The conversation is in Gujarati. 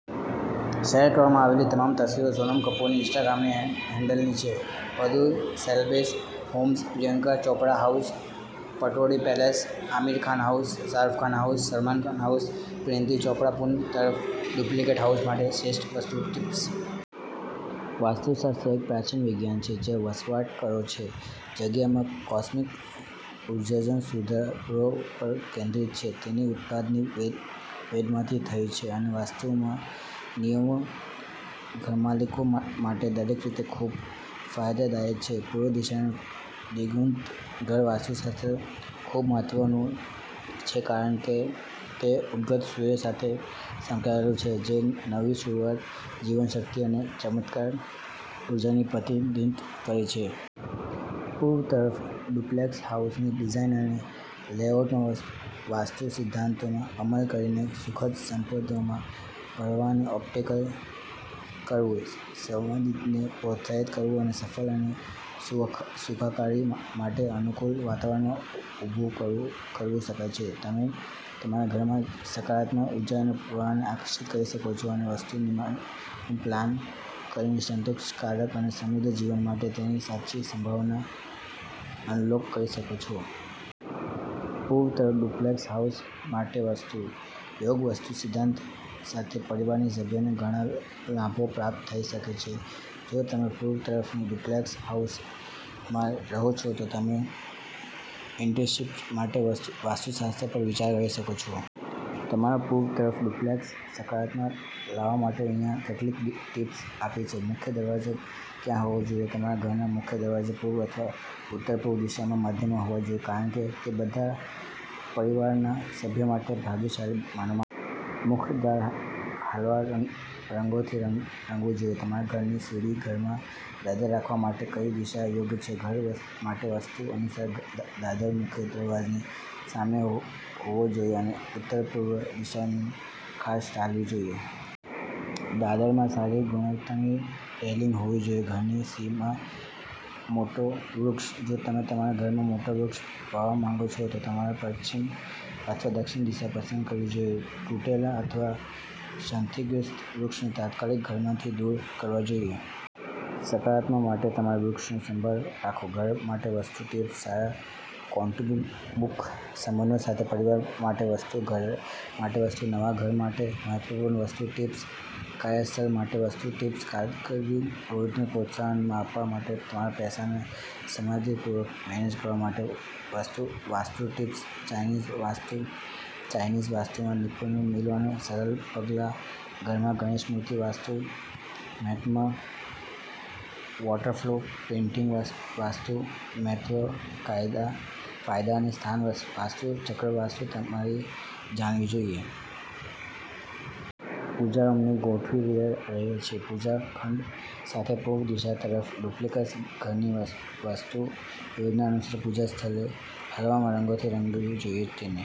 શેર કરવામાં આવેલી તમામ તસવીરો સોનમ કપૂરના ઈન્સ્ટાગ્રામ હેન્ડલની છે. વધુ celeb homes Priyanka Chopra house, Pataudi palace, Aamir Khan house, Shahrukh Khan house, Salman Khan house, Parineeti Chopra. પૂર્વ તરફના ડુપ્લેક્સ હાઉસ માટે શ્રેષ્ઠ વાસ્તુ ટિપ્સ. વાસ્તુશાસ્ત્ર એક પ્રાચીન વિજ્ઞાન છે, જે વસવાટ કરો છો જગ્યામાં કોસ્મિક ઊર્જાજને સુધારવા પર કેન્દ્રિત છે. તેની ઉત ઉત્પત્તિ વેદમાંથી થઈ છે અને વાસ્તુના નિયમો ઘરમાલિકો માટે દરેક રીતે ખૂબ ફાયદાકારક છે. પૂર્વ દિશાનું દ્વિગુણિત ઘર વાસ્તુશાસ્ત્રમાં ખૂબ મહત્વપૂર્ણ છે કારણ કે તે ઉગતા સૂર્ય સાથે સંકળાયેલું છે, જે નવી શરૂઆત, જીવનશક્તિ અને સકારાત્મક ઊર્જાનું પ્રતિનિધિત્વ કરે છે. પૂર્વ તરફ ડુપ્લેક્સ હાઉસની ડિઝાઇન અને લેઆઉટમાં વાસ્તુ સિદ્ધાંતોનો અમલ કરીને, સુખદ સંપંદનોના પ્રવાહને ઑપ્ટિકલ કરવું, સંવાદિતાને પ્રોત્સાહિત કરવું અને સફળતા અને સુખાકારી માટે અનુકૂળ વાતાવરણ ઊભું કરવું શક્ય છે. તમે તમારા ઘરમાં સકારાત્મક ઊર્જાના પ્રવાહને આકર્ષિત કરી શકો છો અને વાસ્તુ નિયમોનું પ્લાન કરીને સંતોષકારક અને સમૃદ્ધ જીવન માટે તેની સાચી સંભાવનાને અનલૉક કરી શકો છો. પૂર્વ તરફના ડુપ્લેક્સ હાઉસ માટે વાસ્તુ. યોગ્ય વાસ્તુ સિદ્ધાંતો સાથે, પરિવારના સભ્યોને ઘણા લાભો પ્રાપ્ત થઈ શકે છે. જો તમે પૂર્વ તરફના ડુપ્લેક્સ હાઉસમાં રહો છો, તો તમે ઈન્ટિશન માટે વાસ્તુશાસ્ત્ર પર વિચાર કરી શકો છો. તમારા પૂર્વ તરફના ડુપ્લેક્સમાં સકારાત્મકતા લાવવા માટે અહીં કેટલીક ટીપ્સ આપી છે. મુખ્ય દરવાજો ક્યાં હોવો જોઈએ? તમારા ઘરનો મુખ્ય દરવાજો પૂર્વ અથવા ઉત્તર-પૂર્વ દિશામાં મધ્યમાં હોવો જોઈએ કારણ કે તે બધા પરિવારના સભ્યો માટે ભાગ્યશાળી માનવામાં આવે છે. મુખ્ય દ્વારને હળવા રંગોથી રંગવું જોઈએ. તમારા ઘરની સીડી ઘરમાં દાદર રાખવા માટે કઈ દિશા યોગ્ય છે? ઘર માટે વાસ્તુ અનુસાર, દાદર મુખ્ય દરવાજાની સામે હોવો જોઈએ અને ઉત્તર-પૂર્વ દિશાને ખાસ ટાળવી જોઈએ. દાદરમાં સારી ગુણવત્તાની રેલિંગ હોવી જોઈએ. ઘરની સીમમાં મોટા વૃક્ષો. જો તમે તમારા ઘરમાં મોટા વૃક્ષો વાવવા માંગો છો, તો તમારે પશ્ચિમ અથવા દક્ષિણ દિશા પસંદ કરવી જોઈએ. તૂટેલા અથવા ક્ષતિગ્રસ્ત વૃક્ષોને તાત્કાલિક ઘરમાંથી દૂર કરવા જોઈએ. સકારાત્મકતા માટે તમારા વૃક્ષો પર આખુ ઘર માટે વાસ્તુ ટિપ્સ. સારા કૌટુંબિ સંબંધો માટે પરિવાર માટે વસ્તુ, ઘર માટે વસ્તુ, નવા ઘર માટે મહત્વપૂર્ણ વાસ્તુ ટિપ્સ, કાર્યસ્થળ માટે વાસ્તુ ટિપ્સ, કારકિર્દી ગોલને પ્રોત્સાહન આપવા માટે, તમારા પૈસાને સમજદારીપૂર્વક મેનેજ કરવા માટે vastu tips, Chinese vastu, Chinese વાસ્તુમાં નિપુણતા મેળવવાના સરળ પગલાં, ઘરમાં ગણેશ મૂર્તિનું વાસ્તુ મહત્વ, વોટરફોલ પેઇન્ટિંગ વાસ્તુ મહત્વ, કાયદા ફાયદા અને સ્થાન, વાસ્તુ ચક્ર વસ્તુઓ તમારે જાણવી જોઈએ. પૂજા રૂમ ગોઠવી રહ્યા છીએ. પૂજા ખંડ સાથે પૂર્વ દિશા તરફ ડુપ્લેક્સ ઘરની વાસ્તુ યોજના અનુસાર, પૂજા સ્થળને હળવા રંગોથી રંગવું જોઈએ. તેને